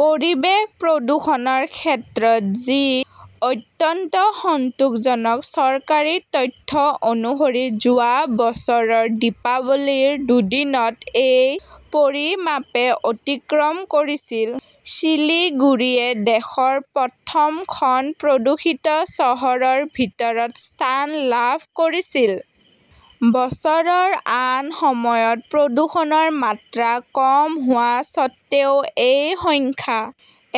পৰিৱেশ প্ৰদূষণৰ ক্ষেত্ৰত যি অত্যন্ত সন্তোষজনক। চৰকাৰী তথ্য অনুসৰি যোৱা বছৰ দীপাৱলীৰ দুদিনত এই পৰিমাপে অতিক্ৰম কৰিছিল। শিলিগুৰীয়ে দেশৰ প্ৰথম খন প্ৰদূষিত চহৰৰ ভিতৰত স্থান লাভ কৰিছিল। বছৰৰ আন সময়ত প্ৰদূষণৰ মাত্ৰা কম হোৱাৰ স্বত্ত্বেও এই সংখ্যা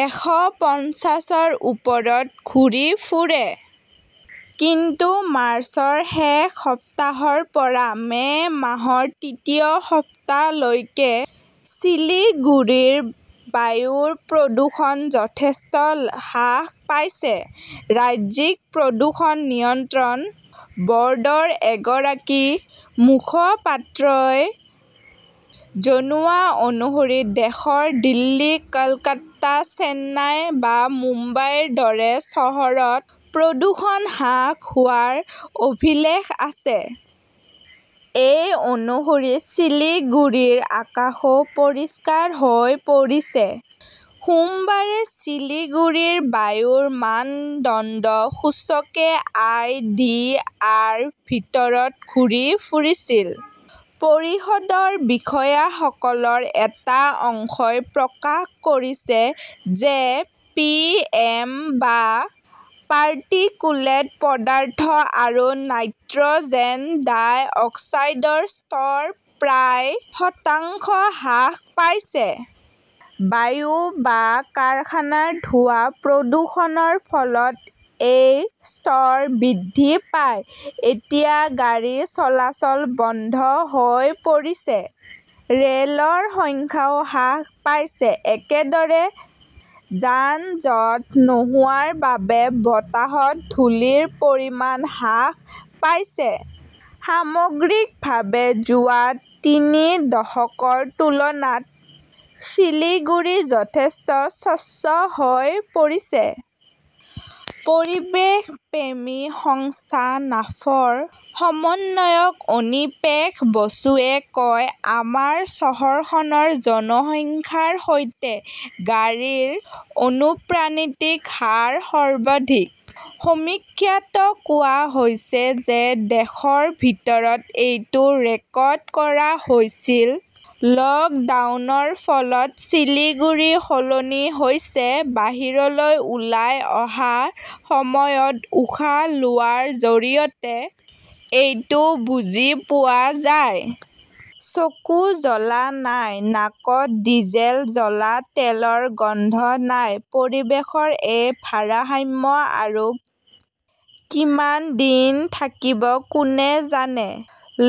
এশ পঞ্চাশৰ ওপৰত ঘূৰি ফুৰে। কিন্তু মাৰ্চৰ শেষ সপ্তাহৰ পৰা মে 'মাহৰ তৃতীয় সপ্তাহলৈকে শিলিগুৰিৰ বায়ুৰ প্ৰদূষণ যথেষ্ট হ্ৰাস পাইছে। ৰাজ্যিক প্ৰদূষণ নিয়ন্ত্ৰণ বৰ্ডৰ এগৰাকী মুখপাত্ৰই জনোৱা অনুসৰি দেশৰ দিল্লী, কলকাতা, চেন্নাই বা মুম্বাইৰ দৰে চহৰত প্ৰদূষণ হ্ৰাস হোৱাৰ অভিলেখ আছে। সেই অনুসৰি শিলিগুৰিৰ আকাশও পৰিষ্কাৰ হৈ পৰিছে। সোমবাৰে শিলিগুৰিৰ বায়ুৰ মানদণ্ড সূচকে আই. ডি. ৰ ভিতৰত ঘূৰি ফুৰিছিল। পৰিষদৰ বিষয়াসকলৰ এটা অংশই প্ৰকাশ কৰিছে যে পিএম বা পাৰ্টিকুলেট পদাৰ্থ আৰু নাইট্ৰজেন ডাই অক্সাইডৰ স্তৰ প্ৰায় শতাংশ হ্ৰাস পাইছে। বায়ু বা কাৰখানাৰ ধোঁৱা, প্ৰদূষণৰ ফলত এই স্তৰ বৃদ্ধি পায়। এতিয়া গাড়ী চলাচল বন্ধ হৈ পৰিছে, ৰেলৰ সংখ্যাও হ্ৰাস পাইছে। একেদৰে, যান-জঁট নোহোৱাৰ বাবে বতাহত ধূলিৰ পৰিমাণ হ্ৰাস পাইছে। সামগ্ৰিকভাৱে, যোৱা তিনি দশকৰ তুলনাত শিলিগুৰি যথেষ্ট স্বচ্ছ হৈ পৰিছে। পৰিৱেশপ্ৰেমী সংস্থা নাফৰ সমন্বয়ক অনিপেশ বসুৱে কয়, আমাৰ চহৰখনৰ জনসংখ্যাৰ সৈতে গাড়ীৰ অনুপানিতিক হাৰ সৰ্বাধিক। সমীক্ষাত কোৱা হৈছে যে দেশৰ ভিতৰত এইটো ৰেকৰ্ড কৰা হৈছিল। লকডাউনৰ ফলত শিলিগুৰি সলনি হৈছে। বাহিৰলৈ ওলাই অহাৰ সময়ত উশাহ লোৱাৰ জৰিয়তে এইটো বুজি পোৱা যায়। চকু জ্বলা নাই, নাকত ডিজেল জ্বলা তেলৰ গন্ধ নাই। পৰিৱেশৰ এই ভাৰসাম্য আৰু কিমান দিন থাকিব কোনে জানে!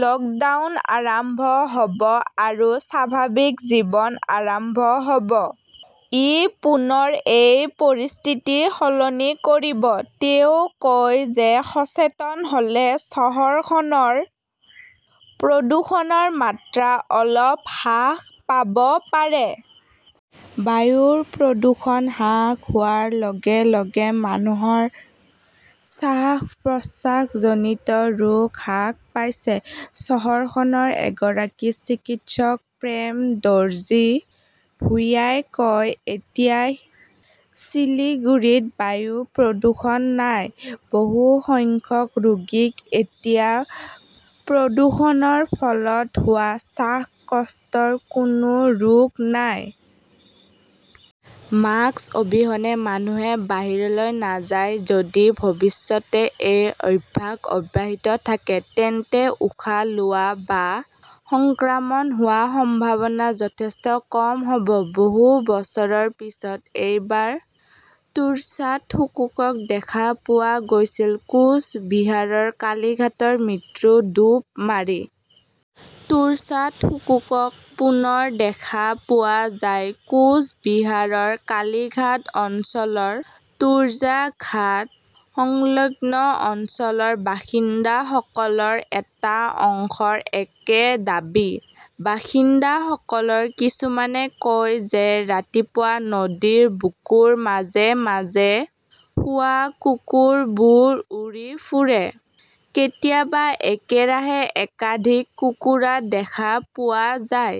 লকডাউন আৰাম্ভ হব আৰু স্বাভাৱিক জীৱন আৰাম্ভ হব। ই পুনৰ এই পৰিস্থিতি সলনি কৰিব। তেওঁ কয় যে সচেতন হলে চহৰখনৰ প্ৰদূষণৰ মাত্ৰা অলপ হ্ৰাস পাব পাৰে। বায়ুৰ প্ৰদূষণ হ্ৰাস হোৱাৰ লগে লগে মানুহৰ শ্বাস-প্ৰশ্বাসজনিত ৰোগ হ্ৰাস পাইছে। চহৰখনৰ এগৰাকী চিকিৎসক প্ৰেম দৰ্জী ভূইয়াই কয়, এতিয়া শিলিগুড়িত বায়ু প্ৰদূষণ নাই। বহু সংখ্যক ৰোগীৰ এতিয়া প্ৰদূষণৰ ফলত হোৱা শ্বাসকষ্টৰ কোনো ৰোগ নাই। মাস্ক অবিহনে মানুহে বাহিৰলৈ নাযায়। যদি ভৱিষ্যতে এই অভ্যাস অব্যাহত থাকে, তেন্তে উশাহ লোৱা বা সংক্ৰমণ হোৱাৰ সম্ভাৱনা যথেষ্ট কম হব। বহু বছৰৰ পিছত এইবাৰ তোৰ্চাত শুশুকক দেখা পোৱা গৈছিল, কোচ বিহাৰৰ কালিঘাটৰ ম়ৃতু ডুব মাৰি। তোৰ্চাত শুছুকক পুনৰ দেখা পোৱা যায়। কোচ বিহাৰৰ কালীঘাট অঞ্চলৰ তোৰছা ঘাট সংলগ্ন অঞ্চলৰ বাসিন্দাসকলৰ এটা অংশৰ একে দাবী। বাসিন্দাসকলৰ কিছুমানে কয় যে ৰাতিপুৱা নদীৰ বুকুৰ মাজে মাজে শুৱা কুকুৰবোৰ উৰি ফুৰে। কেতিয়াবা একেৰাহে একাধিক কুকুৰা দেখা পোৱা যায়।